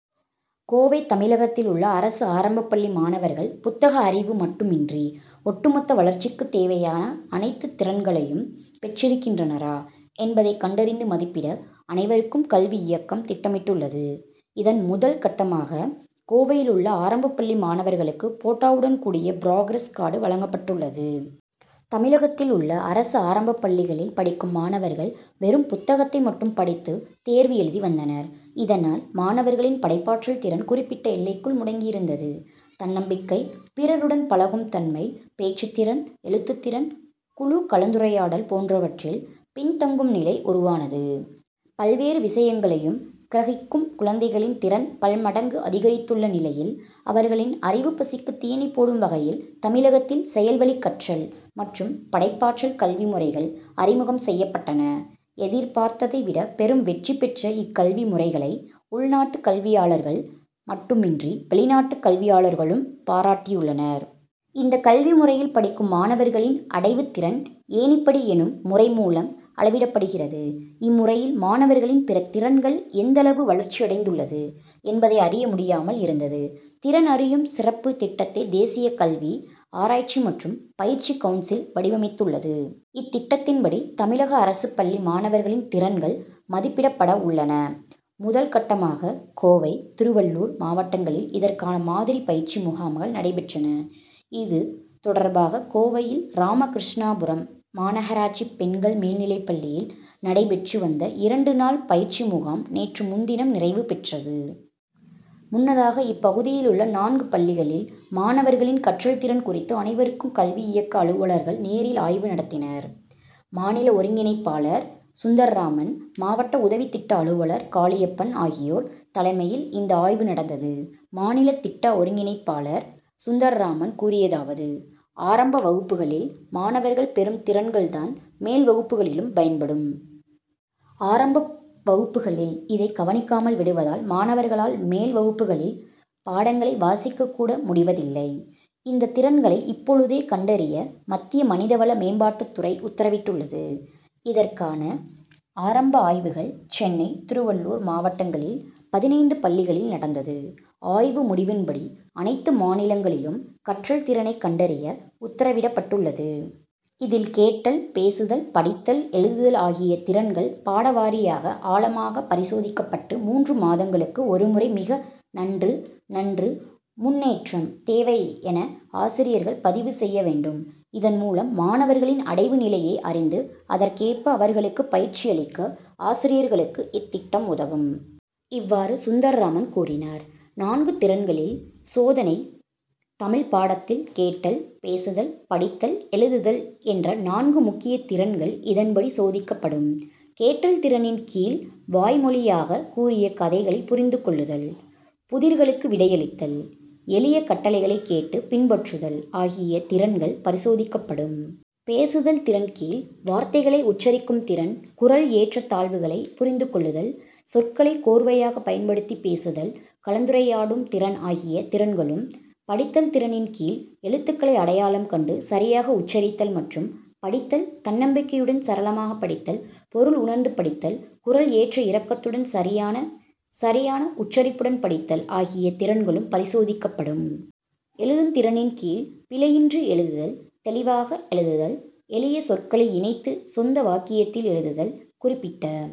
கோவை தமிழகத்திலுள்ள அரசு ஆரம்பப் பள்ளி மாணவர்கள் புத்தக அறிவு மட்டுமின்றி, ஒட்டுமொத்த வளர்ச்சிக்குத் தேவையான அனைத்து திறன்களையும் பெற்றிருக்கின்றனரா, என்பதை கண்டறிந்து மதிப்பிட, அனைவருக்கும் கல்வி இயக்கம் திட்டமிட்டுள்ளது. இதன் முதல் கட்டமாக, கோவையிலுள்ள ஆரம்பப்பள்ளி மாணவர்களுக்கு போட்டோவுடன் கூடிய புராகிரஸ் கார்டு வழங்கப்பட்டுள்ளது. தமிழகத்தில் உள்ள அரசு ஆரம்பப்பள்ளிகளில் படிக்கும் மாணவர்கள் வெறும் புத்தகத்தை மட்டும் படித்து தேர்வு எழுதி வந்தனர். இதனால், மாணவர்களின் படைப்பாற்றல் திறன் குறிப்பிட்ட எல்லைக்குள் முடங்கியிருந்தது. தன்னம்பிக்கை, பிறருடன் பழகும் தன்மை, பேச்சுத் திறன், எழுத்துத் திறன், குழு கலந்துரையாடல் போன்றவற்றில் பின்தங்கும் நிலை உருவானது. பல்வேறு விஷயங்களையும் கிரகிக்கும் குழந்தைகளின் திறன் பலமடங்கு அதிகரித்துள்ள நிலையில், அவர்களின் அறிவுப்பசிக்கு தீனி போடும் வகையில் தமிழகத்தில் செயல்வழிக் கற்றல் மற்றும் படைப்பாற்றல் கல்வி முறைகள் அறிமுகம் செய்யப்பட்டன. எதிர்பார்த்ததை விட பெரும் வெற்றி பெற்ற இக்கல்வி முறைகளை, உள்நாட்டு கல்வியாளர்கள் மட்டுமின்றி வெளிநாட்டு கல்வியாளர்களும் பாராட்டியுள்ளனர். இந்த கல்வி முறையில் படிக்கும் மாணவர்களின் அடைவுத்திறன் ஏணிப்படி எனும் முறை மூலம் அளவிடப்படுகிறது. இம்முறையில் மாணவர்களின் பிற திறன்கள் எந்தளவு வளர்ச்சி அடைந்துள்ளது, என்பதை அறிய முடியாமல் இருந்தது. திறன் அறியும் சிறப்புத் திட்டத்தை தேசியக் கல்வி, ஆராய்ச்சி மற்றும் பயிற்சி கவுன்சில் வடிவமைத்துள்ளது. இத்திட்டத்தின்படி, தமிழக அரசுப் பள்ளி மாணவர்களின் திறன்கள் மதிப்பிடப்படவுள்ளன. முதல் கட்டமாக கோவை, திருவள்ளூர் மாவட்டங்களில் இதற்கான மாதிரி பயிற்சி முகாம்கள் நடைபெற்றன. இது தொடர்பாக கோவையில் ராமகிருஷ்ணாபுரம் மாநகராட்சி பெண்கள் மேல்நிலைப்பள்ளியில் நடைபெற்று வந்த இரண்டு நாள் பயிற்சி முகாம் நேற்று முன்தினம் நிறைவு பெற்றது. முன்னதாக இப்பகுதியில் உள்ள நான்கு பள்ளிகளில் மாணவர்களின் கற்றல் திறன் குறித்து அனைவருக்கும் கல்வி இயக்க அலுவலர்கள் நேரில் ஆய்வு நடத்தினர். மாநில ஒருங்கிணைப்பாளர் சுந்தர்ராமன், மாவட்ட உதவி திட்ட அலுவலர் காளியப்பன் ஆகியோர் தலைமையில் இந்த ஆய்வு நடந்தது. மாநில திட்ட ஒருங்கிணைப்பாளர் சுந்தர்ராமன் கூறியதாவது ஆரம்ப வகுப்புகளில் மாணவர்கள் பெறும் திறன்கள்தான் மேல்வகுப்புகளிலும் பயன்படும். ஆரம்ப வகுப்புகளில் இதை கவனிக்காமல் விடுவதால் மாணவர்களால் மேல் வகுப்புகளில் பாடங்களை வாசிக்கக் கூட முடிவதில்லை. இந்த திறன்களை இப்போதே கண்டறிய மத்திய மனிதவள மேம்பாட்டுத்துறை உத்தரவிட் டுள்ளது. இதற்கான ஆரம்ப ஆய்வுகள் சென்னை, திருவளளூர் மாவட்டங்களில் பதினைந்து பள்ளிகளில் நடந்தது. ஆய்வு முடிவின்படி அனைத்து மாநிலங்களிலும் கற்றல் திறனை கண்டறிய உத்தரவிடப்பட்டுள்ளது. இதில் கேட்டல், பேசுதல், படித்தல், எழுதுதல் ஆகிய திறன்கள் பாடவாரியாக ஆழமாக பரிசோதிக்கப்பட்டு மூன்று மாதங்களுக்கு ஒருமுறை மிக நன்று, நன்று, முன்னேற்றம் தேவை என ஆசிரியர்கள் பதிவு செய்ய வேண்டும். இதன் மூலம் மாணவர்களின் அடைவு நிலையை அறிந்து அதற்கேற்ப அவர்களுக்கு பயிற்சி அளிக்க ஆசிரியர்களுக்கு இத்திட்டம் உதவும். இவ்வாறு, சுந்தர்ராமன் கூறினார். நான்கு திறன்களில் சோதனை தமிழ் பாடத்தில் கேட்டல், பேசுதல், படித்தல், எழுதுதல் என்ற நான்கு முக்கிய திறன்கள் இதன்படி சோதிக்கப்படும். கேட்டல் திறனின் கீழ், வாய்மொழியாக கூறிய கதைகளை புரிந்து கொள்ளுதல், புதிர்களுக்கு விடையளித்தல், எளிய கட்டளைகளை கேட்டு பின்பற்றுதல் ஆகிய திறன்கள் பரிசோதிக்கப்படும். பேசுதல் திறன் கீழ், வார்த்தைகளை உச்சரிக்கும் திறன், குரல் ஏற்ற தாழ்வுகளை புரிந்து பேசுதல், சொற்களை கோர்வையாக பயன்படுத்தி பேசுதல், கலந்துரையாடும் திறன் ஆகிய திறன்களும், படித்தல் திறனின் கீழ், எழுத்துக்களை அடையாளம் கண்டு சரியாக உச்சரித்தல் மற்றும் படித்தல், தன்னம்பிக்கையுடன் சரளமாக படித்தல், பொருள் உணர்ந்து படித்தல், குரல் ஏற்ற இறக்கத்துடன் சரியான உச்சரிப்புடன் படித்தல் ஆகிய திறன்களும் பரிசோதிக்கப்படும். ழுதும் திறனின் கீழ், பிழையின்றி எழுதுதல், தெளிவாக எழுதுதல், எளிய சொற்களை இணைத்து சொந்த வாக்கியத்தில் எழுதுதல், குறிப்பிட்ட